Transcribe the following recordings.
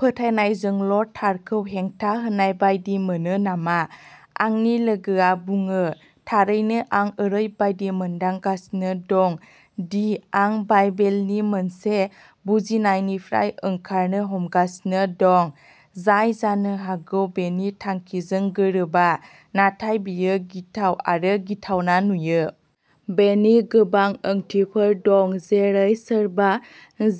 फोथायनायजोंल' थारखौ हेंथा होनाय बायदि मोनो नामा? आंनि लोगोआ बुङो थारैनो आं ओरैबायदि मोनदांगासिनो दं दि आं बाइबेलनि मोनसे बुजिनायनिफ्राय ओंखारनो हमगासिनो दं, जाय जानो हागौ बेनि थांखिजों गोरोबा। नाथाय बेयो गिथाव आरो गिथावना नुयो। बेनि गोबां ओंथिफोर दं जेरै, सोरबा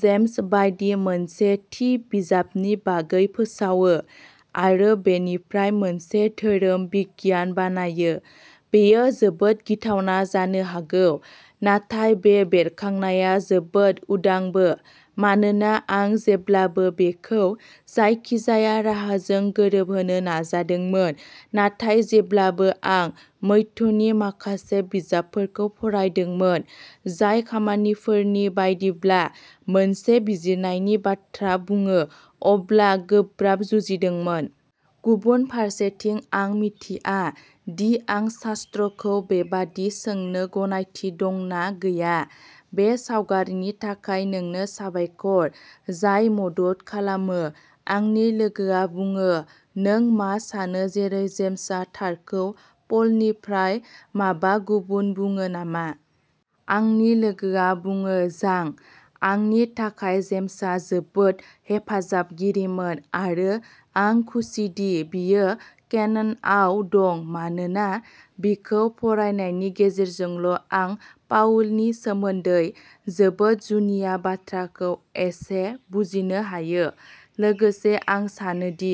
जेम्स बायदि मोनसे थि बिजाबनि बागै फोसावो आरो बेनिफ्राय मोनसे धोरोम बिगियान बानायो, बेयो जोबोद गिथावना जानो हागौ। नाथाय बे बेरखांनाया जोबोद उदांबो मानोना आं जेब्लाबो बेखौ जायखिजाया राहाजों गोरोबहोनो नाजादोंमोन, नाथाय जेब्लानो आं मैथ्यूनि माखासे बिजाबफोरखौ फरायदोंमोन, जाय खामानिफोरनि बायदिब्ला मोनसे बिजिरनायनि बाथ्रा बुङो, अब्ला गोब्राब जुजिदोंमोन। गुबुन फारसेथिं आं मिथिया दि आं शास्त्रखौ बेबादि सोंनो गनायथि दं ना गैया। बे सावगारिनि थाखाय नोंनो साबायखर जाय मदद खालामो। आंनि लोगोआ बुङो "नों मा सानो जेरै जेम्सआ थारखौ प'लनिफ्राय माबा गुबुन बुङो नामा?" आंनि लोगोआ बुङो जां, आंनि थाखाय जेम्सआ जोबोद हेफाजाबगिरिमोन आरो आं खुसिदि बियो केननआव दं, मानोना बिखौ फरायनायनि गेजेरजोंल'आं पाउलनि सोमोन्दै जोबोद जुनिया बाथ्राखौ एसे बुजिनो हायो। लोगोसे आं सानोदि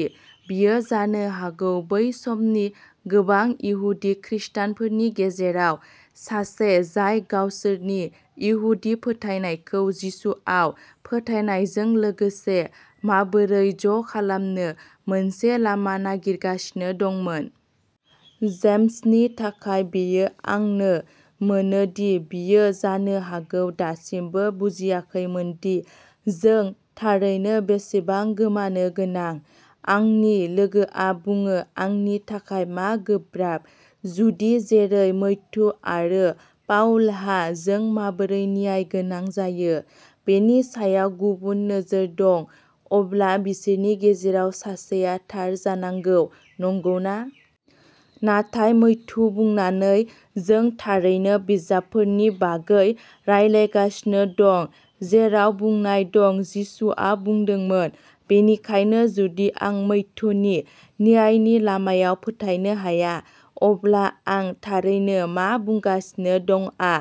बियो जानो हागौ बै समनि गोबां इहुदि खृस्टानफोरनि गेजेराव सासे जाय गावसोरनि इहुदि फोथायनायखौ जिसुआव फोथायनायजों लोगोसे माबोरै ज' खालामनो मोनसे लामा नागिरगासिनो दंमोन। जेम्सनि थाखाय बेयो आंनो मोनो दि बियो जानो हागौ दासिमबो बुजियाखैमोनदि जों थारैनो बेसेबां गोमानो गोनां? आंनि लोगोआ बुङो "आंनि थाखाय मा गोब्राब" जुदि जेरै मैथ्यु आरो पाउलहा जों माबोरै न्यायगोनां जायो बेनि सायाव गुबुन नोजोर दं, अब्ला बिसोरनि गेजेराव सासेआ थार जानांगौ, नंगौना? नाथाय मैथ्यु बुंनानै जों थारैनो बिजाबफोरनि बागै रायलायगासिनो दं जेराव बुंनाय दं जिसुआ बुंदोंमोन बेनिखायनो जुदि आं मैथ्युनि न्यायनि लामायाव फोथायनो हाया, अब्ला आं थारैनो मा बुंगासिनो दंआ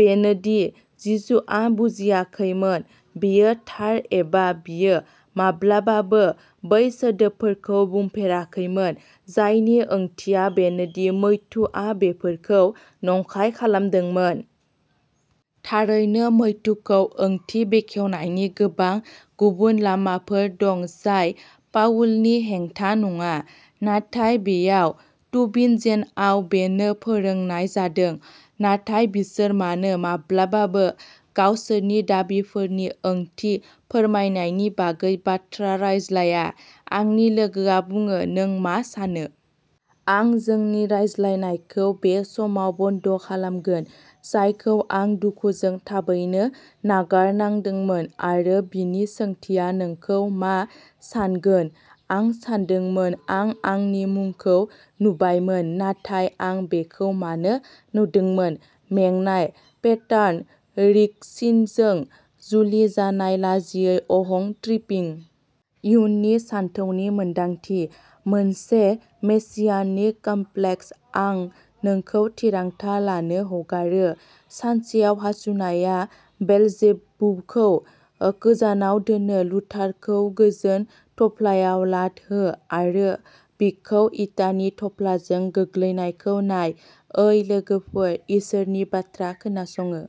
बेनो दि जिसुआ बुजियाखैमोन। बेयो थार एबा बियो माब्लाबाबो बै सोदोबफोरखौ बुंफेराखैमोन, जायनि ओंथिया बेनोदि मैथ्युआ बेफोरखौ नंखाय खालामदोंमोन। थारैनो मैथ्युखौ ओंथि बेखेवनायनि गोबां गुबुन लामाफोर दं जाय पाउलनि हेंथा नङा, नाथाय बेयाव तुबिनजेनआव बेनो फोरोंनाय जादों। नाथाय बिसोर मानो माब्लाबाबो गावसोरनि दाबिफोरनि ओंथि फोरमायनायनि बागै बाथ्रा रायज्लाया? आंनि लोगोआ बुङो "नों मा सानो? आं जोंनि रायज्लायनायखौ बे समाव बन्द' खालामगोन, जायखौ आं दुखुजों थाबैनो नागारनांदोंमोन आरो बिनि सोंथिया नोंखौ मा सान्गोन? आं सानदोंमोन आं आंनि मुंखौ नुबायमोन। नाथाय आं बेखौ मानो नुदोंमोन? मेंनाय? पेटार्न रिकग्निशनजों जुलि जानाय लाजियै अहं-ट्रिपिं? इयुननि सानथौनि मोनदांथि? मोनसे मेसियानिक कमप्लेक्स? आं नोंखौ थिरांथा लानो हगारो"। सानसेयाव हासुनाया बेलजेबुबखौ गोजानाव दोनो लुथारखौ गोजोन थफ्लायाव लात हो आरो बिखौ इटानि थफ्लाजों गोग्लैनायखौ नाय ओइ लोगोफोर, इसोरनि बाथ्रा खोनासङो।